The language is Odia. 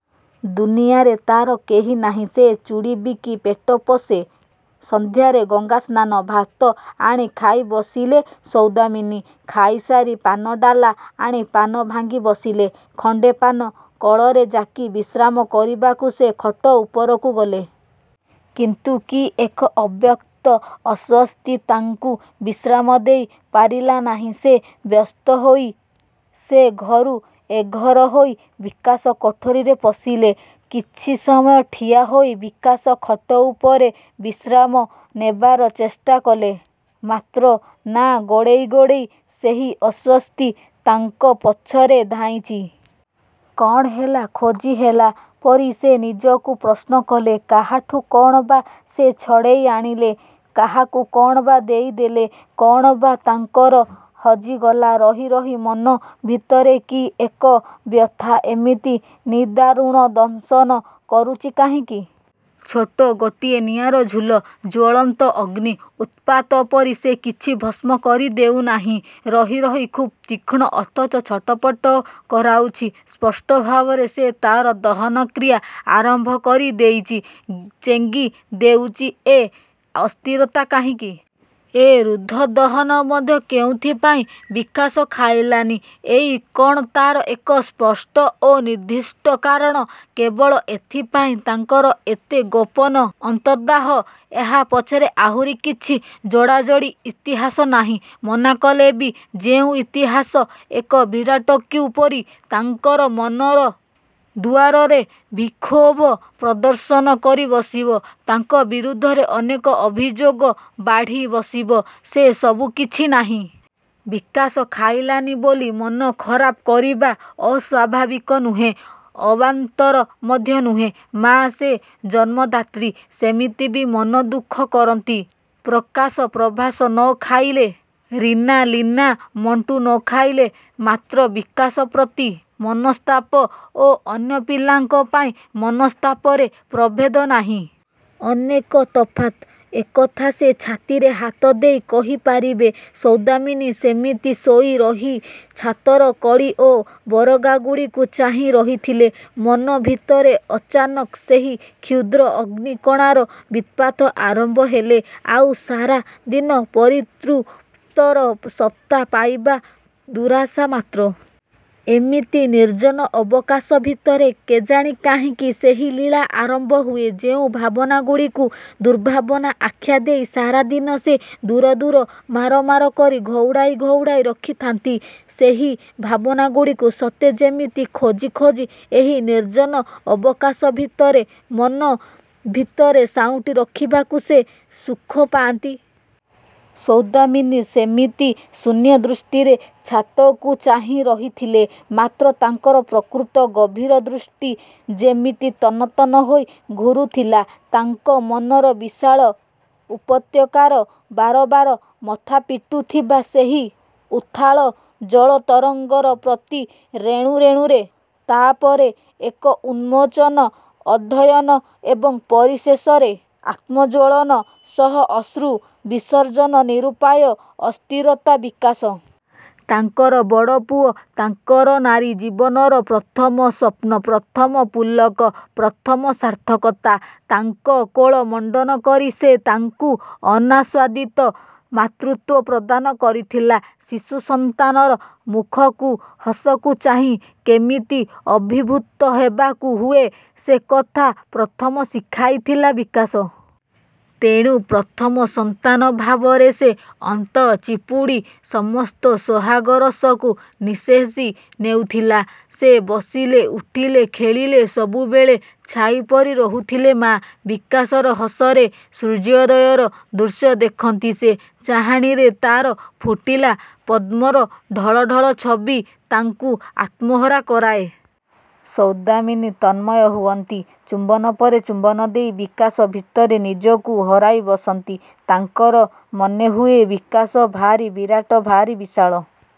ଦୁନିଆରେ ତାର କେହି ନାହିଁ। ସେ ଚୁଡ଼ି ବିକି ପେଟ ପୋଷେ, ସନ୍ଧ୍ୟାରେ ଗଙ୍ଗା ସ୍ନାନ। ଭାତ ଆଣି ଖାଇ ବସିଲେ ସୌଦମିନୀ। ଖାଇସାରି ପାନଡ଼ାଲା ଆଣି ପାନ ଭାଙ୍ଗି ବସିଲେ। ଖଣ୍ଡେ ପାନ କଳରେ ଜାକି ବିଶ୍ରାମ କରିବାକୁ ସେ ଖଟ ଉପରକୁ ଗଲେ। କିନ୍ତୁ କି ଏକ ଅବ୍ୟକ୍ତ ଅସ୍ଵସ୍ତି ତାଙ୍କୁ ବିଶ୍ରାମ ଦେଇ ପାରିଲା ନାହିଁ। ସେ ବ୍ୟସ୍ତ ହୋଇ ସେ ଘରୁ ଏଘର ହୋଇ ବିକାଶ କୋଠରୀରେ ପଶିଲେ। କିଛି ସମୟ ଠିଆ ହୋଇ ବିକାଶ ଖଟ ଉପରେ ବିଶ୍ରାମ ନେବାର ଚେଷ୍ଟା କଲେ। ମାତ୍ର ନାଁ ଗୋଡ଼େଇ ଗୋଡ଼େଇ ସେହି ଅସ୍ଵସ୍ତି ତାଙ୍କ ପଛରେ ଧାଇଁଚି। କଣ ହେଲା? ଖୋଜିହେଲା ପରି ସେ ନିଜକୁ ପ୍ରଶ୍ନ କଲେ। କାହାଠୁ କଣ ବା ସେ ଛଡ଼େଇ ଆଣିଲେ? କାହାକୁ କଣ ବା ଦେଇ ଦେଲେ? କଣ ବା ତାଙ୍କର ହଜିଗଲା? ରହି ରହି ମନ ଭିତରେ କି ଏକ ବ୍ୟଥା, ଏମିତି ନିଦାରୁଣ ଦଂଶନ କରୁଚି କାହିଁକି? ଛୋଟ ଗୋଟିଏ ନିଆଁର ଝୁଲ, ଜ୍ଵଳନ୍ତ ଅଗ୍ନି ଉତ୍ପାତ ପରି ସେ କିଛି ଭସ୍ମ କରି ଦେଉ ନାହିଁ। ରହି ରହି ଖୁବ୍ ତୀକ୍ଷଣ, ଅଥଚ ଛଟପଟ କରାଉଛି। ସ୍ପଷ୍ଟ ଭାବରେ, ସେ ତାର ଦହନ କ୍ରିୟା ଆରମ୍ଭ କରି ଦେଇଚି। ଚେଙ୍ଗି ଦେଉଚି ଏ ଅସ୍ଥିରତା କାହିଁକି? ଏ ରୁଦ୍ଧ ଦହନ ମଧ୍ୟ କେଉଁଥିପାଇଁ? ବିକାଶ ଖାଇଲାନି, ଏଇ କଣ ତାର ଏକ ସ୍ପଷ୍ଟ ଓ ନିର୍ଦ୍ଦିଷ୍ଟ କାରଣ? କେବଳ ଏଇଥିପାଇଁ ତାଙ୍କର ଏତେ ଗୋପନ ଅନ୍ତର୍ଦାହ? ଏହା ପଛରେ ଆହୁରି କିଛି ଯୋଡ଼ାଯୋଡ଼ି ଇତିହାସ ନାହିଁ? ମନା କଲେ ବି ଯେଉଁ ଇତିହାସ, ଏକ ବିରାଟ କ୍ୟୁ ପରି ତାଙ୍କର ମନର ଦୁଆରରେ ବିକ୍ଷୋଭ ପ୍ରଦର୍ଶନ କରି ବସିବ ତାଙ୍କ ବିରୁଦ୍ଧରେ ଅନେକ ଅଭିଯୋଗ ବାଢ଼ି ବସିବ, ସେ ସବୁ କିଛି ନାହିଁ? ବିକାଶ ଖାଇଲା ନି ବୋଲି ମନ ଖରାପ କରିବା ଅସ୍ୱାଭାବିକ ନୁହେଁ, ଅବାନ୍ତର ମଧ୍ୟ ନୁହେଁ। ମାଆ ସେ, ଜନ୍ମଦାତ୍ରୀ। ସେମିତି ବି ମନ ଦୁଃଖ କରନ୍ତି, ପ୍ରକାଶ, ପ୍ରଭାସ ନ ଖାଇଲେ, ରୀନା, ଲୀନା, ମଣ୍ଟୁ ନ ଖାଇଲେ। ମାତ୍ର ବିକାଶ ପ୍ରତି ମନସ୍ତାପ ଓ ଅନ୍ୟ ପିଲାଙ୍କ ପାଇଁ ମନସ୍ତାପରେ ପ୍ରଭେଦ ନାହିଁ? ଅନେକ ତଫାତ୍। ଏକଥା ସେ ଛାତିରେ ହାତ ଦେଇ କହିପାରିବେ। ସୌଦାମିନୀ ସେମିତି ଶୋଇ ରହି ଛାତର କଡ଼ି ଓ ବରଗାଗୁଡ଼ିକୁ ଚାହିଁ ରହିଥିଲେ। ମନ ଭିତରେ ଅଚାନକ ସେହି କ୍ଷୁଦ୍ର ଅଗ୍ନି କଣାର ବିତ୍ପାତ ଆରମ୍ଭ ହେଲେ ଆଉ ସାରା ଦିନ ପରିତୃପ୍ତର ସତ୍ତା ପାଇବା ଦୁରାଶା ମାତ୍ର। ଏମିତି ନିର୍ଜନ ଅବକାଶ ଭିତରେ କେଜାଣି କାହିଁକି ସେହି ଲୀଳା ଆରମ୍ଭ ହୁଏ। ଯେଉଁ ଭାବନାଗୁଡ଼ିକୁ ଦୁର୍ଭାବନା ଆଖ୍ୟା ଦେଇ ସାରା ଦିନ ସେ ଦୂର ଦୂର ମାର ମାର କରି ଘଉଡ଼ାଇ ଘଉଡ଼ାଇ ରଖିଥାନ୍ତି ସେହି ଭାବନାଗୁଡ଼ିକୁ ସତେ ଯେମିତି ଖୋଜି ଖୋଜି ଏହି ନିର୍ଜନ ଅବକାଶ ଭିତରେ ମନ ଭିତରେ ସାଉଁଟି ରଖିବାକୁ ସେ ସୁଖ ପାଆନ୍ତି। ସୌଦାମିନୀ ସେମିତି ଶୂନ୍ୟ ଦୃଷ୍ଟିରେ ଛାତକୁ ଚାହିଁ ରହିଥିଲେ। ମାତ୍ର ତାଙ୍କର ପ୍ରକୃତ ଗଭୀର ଦୃଷ୍ଟି ଯେମିତି ତନ୍ନ ତନ୍ନ ହୋଇ ଘୁରୁଥିଲା। ତାଙ୍କ ମନର ବିଶାଳ ଉପତ୍ୟକାର ବାରବାର ମଥାପିଟୁ ଥିବା ସେହି ଉତ୍ଥାଳ ଜଳ ତରଙ୍ଗର ପ୍ରତି ରେଣୁ ରେଣୁରେ। ତାପରେ ଏକ ଉନ୍ମୋଚନ, ଅଧ୍ୟୟନ ଏବଂ ପରିଶେଷରେ ଆତ୍ମଜ୍ଵଳନ ସହ ଅଶ୍ରୁ ବିସର୍ଜନ ନିରୁପାୟ ଅସ୍ଥିରତା। ବିକାଶ ତାଙ୍କର ବଡ଼ ପୁଅ, ତାଙ୍କ ନାରୀ ଜୀବନର ପ୍ରଥମ ସ୍ୱପ୍ନ। ପ୍ରଥମ ପୁଲକ, ପ୍ରଥମ ସାର୍ଥକତା। ତାଙ୍କ କୋଳ ମଣ୍ଡନ କରି ସେ ତାଙ୍କୁ ଅନାସ୍ୱାଦିତ ମାତୃତ୍ଵ ପ୍ରଦାନ କରିଥିଲା। ଶିଶୁ ସନ୍ତାନର ମୁଖକୁ, ହସକୁ ଚାହିଁ, କେମିତି ଅଭିଭୂତ ହେବାକୁ ହୁଏ ସେ କଥା ପ୍ରଥମ ଶିଖାଇଥିଲା ବିକାଶ। ତେଣୁ ପ୍ରଥମ ସନ୍ତାନ ଭାବରେ ସେ ଅନ୍ତ ଚିପୁଡ଼ି ସମସ୍ତ ସୋହାଗ ରସକୁ ନିଃଶେଷି ନେଉଥିଲା। ସେ ବସିଲେ, ଉଠିଲେ, ଖେଳିଲେ, ସବୁବେଳେ ଛାଇପରି ରହୁଥିଲେ ମା । ବିକାଶର ହସରେ ସୂର୍ଯ୍ୟୋଦୟର ଦୃଶ୍ୟ ଦେଖନ୍ତି ସେ। ଚାହାଣିରେ ତାର ଫୁଟିଲା ପଦ୍ମର ଢଳଢ଼ଳ ଛବି ତାଙ୍କୁ ଆତ୍ମହରା କରାଏ। ସୌଦାମିନୀ ତନ୍ମୟ ହୁଅନ୍ତି। ଚୁମ୍ବନ ପରେ ଚୁମ୍ବନ ଦେଇ ବିକାଶ ଭିତରେ ନିଜକୁ ହରାଇ ବସନ୍ତି। ତାଙ୍କର ମନେ ହୁଏ ବିକାଶ ଭାରି ବିରାଟ, ଭାରି ବିଶାଳ।